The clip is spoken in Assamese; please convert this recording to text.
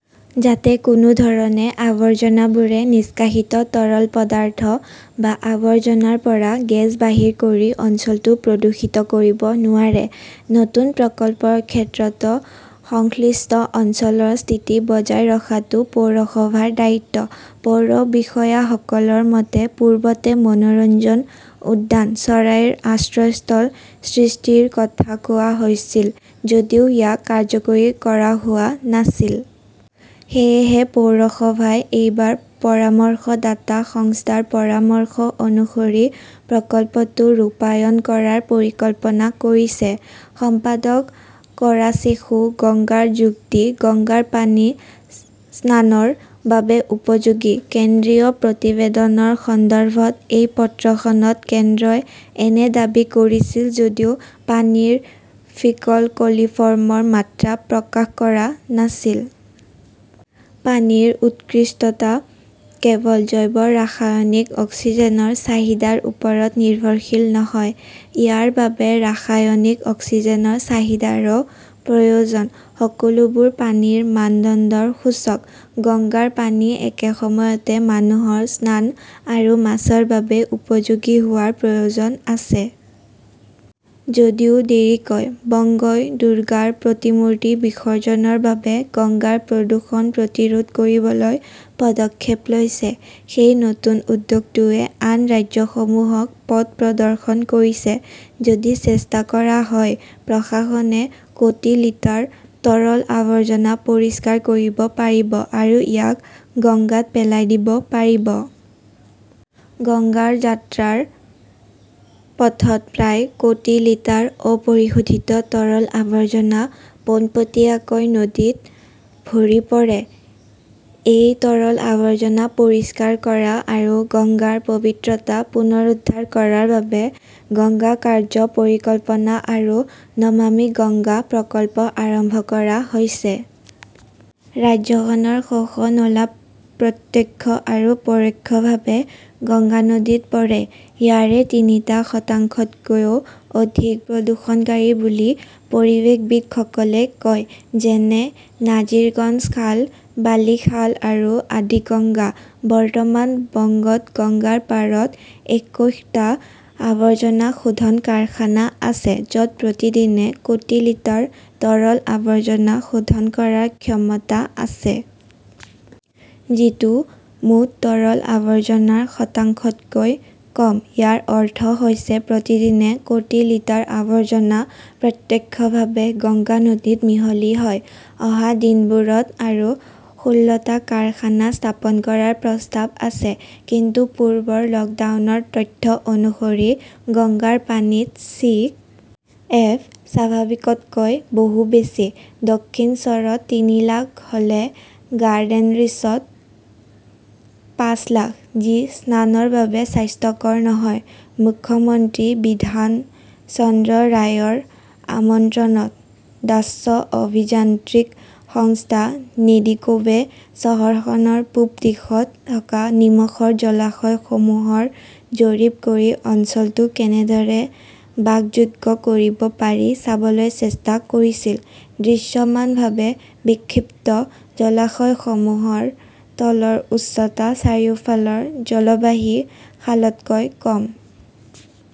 যাতে কোনো ধৰণে আৱৰ্জনাবোৰে নিষ্কাশিত তৰল পদাৰ্থ বা আৱৰ্জনাৰ পৰা গেছ বাহিৰ কৰি অঞ্চলটো প্ৰদূষিত কৰিব নোৱাৰে। নতুন প্ৰকল্পৰ ক্ষেত্ৰতো সংশ্লিষ্ট অঞ্চলৰ স্থিতি বজাই ৰখাটো পৌৰসভাৰ দায়িত্ব। পৌৰ বিষয়াসকলৰ মতে, পূৰ্বতে মনোৰঞ্জন উদ্যান, চৰাইৰ আশ্ৰয়স্থল সৃষ্টিৰ কথা কোৱা হৈছিল যদিও ইয়াক কাৰ্যকৰী কৰা হোৱা নাছিল। সেয়েহে পৌৰসভাই এইবাৰ পৰামৰ্শদাতা সংস্থাৰ পৰামৰ্শ অনুসৰি প্ৰকল্পটো ৰূপায়ণ কৰাৰ পৰিকল্পনা কৰিছে। সম্পাদক কৰাচেশুঃ গংগাৰ যুক্তি, "গংগাৰ পানী স্নানৰ বাবে উপযোগী, কেন্দ্ৰীয় প্ৰতিবেদনৰ সন্দৰ্ভত এই পত্ৰখনত কেন্দ্ৰই এনে দাবী কৰিছিল যদিও পানীৰ 'ফিকল কলিফৰ্মৰ' মাত্ৰা প্ৰকাশ কৰা নাছিল। পানীৰ উৎকৃষ্টতা কেৱল জৈৱ ৰাসায়নিক অক্সিজেনৰ চাহিদাৰ ওপৰত নিৰ্ভৰশীল নহয়, ইয়াৰ বাবে ৰাসায়নিক অক্সিজেনৰ চাহিদাৰো প্ৰয়োজন। সকলোবোৰ পানীৰ মানদণ্ডৰ সূচক। গংগাৰ পানী একে সময়তে মানুহৰ স্নান আৰু মাছৰ বাবে উপযোগী হোৱাৰ প্ৰয়োজন আছে। যদিও দেৰিকৈ, বংগই দুৰ্গাৰ প্ৰতিমূৰ্তি বিসৰ্জনৰ বাবে গংগাৰ প্ৰদূষণ প্ৰতিৰোধ কৰিবলৈ পদক্ষেপ লৈছে। সেই নতুন উদ্যোগটোৱে আন ৰাজ্যসমূহক পথ প্ৰদৰ্শন কৰিছে। যদি চেষ্টা কৰা হয়, প্ৰশাসনে কোটি লিটাৰ তৰল আৱৰ্জনা পৰিষ্কাৰ কৰিব পাৰিব আৰু ইয়াক গঙ্গাত পেলাই দিব পাৰিব। গংগাৰ যাত্ৰাৰ পথত প্ৰায় কোটি লিটাৰ অপৰিশোধিত তৰল আৱৰ্জনা পোনপটীয়াকৈ নদীত ভৰি পৰে। এই তৰল আৱৰ্জনা পৰিষ্কাৰ কৰা আৰু গংগাৰ পৱিত্ৰতা পুনৰুদ্ধাৰ কৰাৰ বাবে "গংগা কাৰ্য্য পৰিকল্পনা" আৰু "নমামি গংগা" প্ৰকল্প আৰম্ভ কৰা হৈছে। ৰাজ্যখনৰ শ শ নলা প্ৰত্যক্ষ আৰু পৰোক্ষভাৱে গংগা নদীত পৰে। ইয়াৰে তিনিটা শতাংশতকৈও অধিক প্ৰদূষণকাৰী বুলি পৰিৱেশবিদসকলে কয়। যেনে-নাজিৰগঞ্জ খাল, বালি খাল আৰু আদি গংগা। বৰ্তমান বংগত গংগাৰ পাৰত একৈশটা আৱৰ্জনা শোধন কাৰখানা আছে, য'ত প্ৰতিদিনে কোটি লিটাৰ তৰল আৱৰ্জনা শোধন কৰাৰ ক্ষমতা আছে। যিটো মুঠ তৰল আৱৰ্জনাৰ শতাংশতকৈ কম। ইয়াৰ অৰ্থ হৈছে প্ৰতিদিনে কোটি লিটাৰ আৱৰ্জনা প্ৰত্যক্ষভাৱে গংগা নদীত মিহলি হয়। অহা দিনবোৰত আৰু ষোল্লটা কাৰখানা স্থাপন কৰাৰ প্ৰস্তাৱ আছে। কিন্তু পূৰ্বৰ লকডাউনৰ তথ্য অনুসৰি গংগাৰ পানীত চি. এফ. স্বাভাৱিকতকৈ বহু বেছি। দক্ষিণশ্বৰত তিনি লাখ হ'লে গাৰ্ডেনৰিছত পাঁচ লাখ, যি স্নানৰ বাবে স্বাস্থ্যকৰ নহয়।" মুখ্যমন্ত্ৰী বিধান চন্দ্ৰ ৰায়ৰ আমন্ত্ৰণত ডাচ্চ অভিযান্ত্ৰিক সংস্থা নেডিকোৱে চহৰখনৰ পূব দিশত থকা নিমখৰ জলাশয়সমূহৰ জৰীপ কৰি অঞ্চলটো কেনেদৰে বাসযোগ্য কৰিব পাৰি চাবলৈ চেষ্টা কৰিছিল। দৃশ্যমানভাৱে, বিক্ষিপ্ত জলাশয়সমূহৰ তলৰ উচ্চতা চাৰিওফালৰ জলবাহী খালতকৈ কম।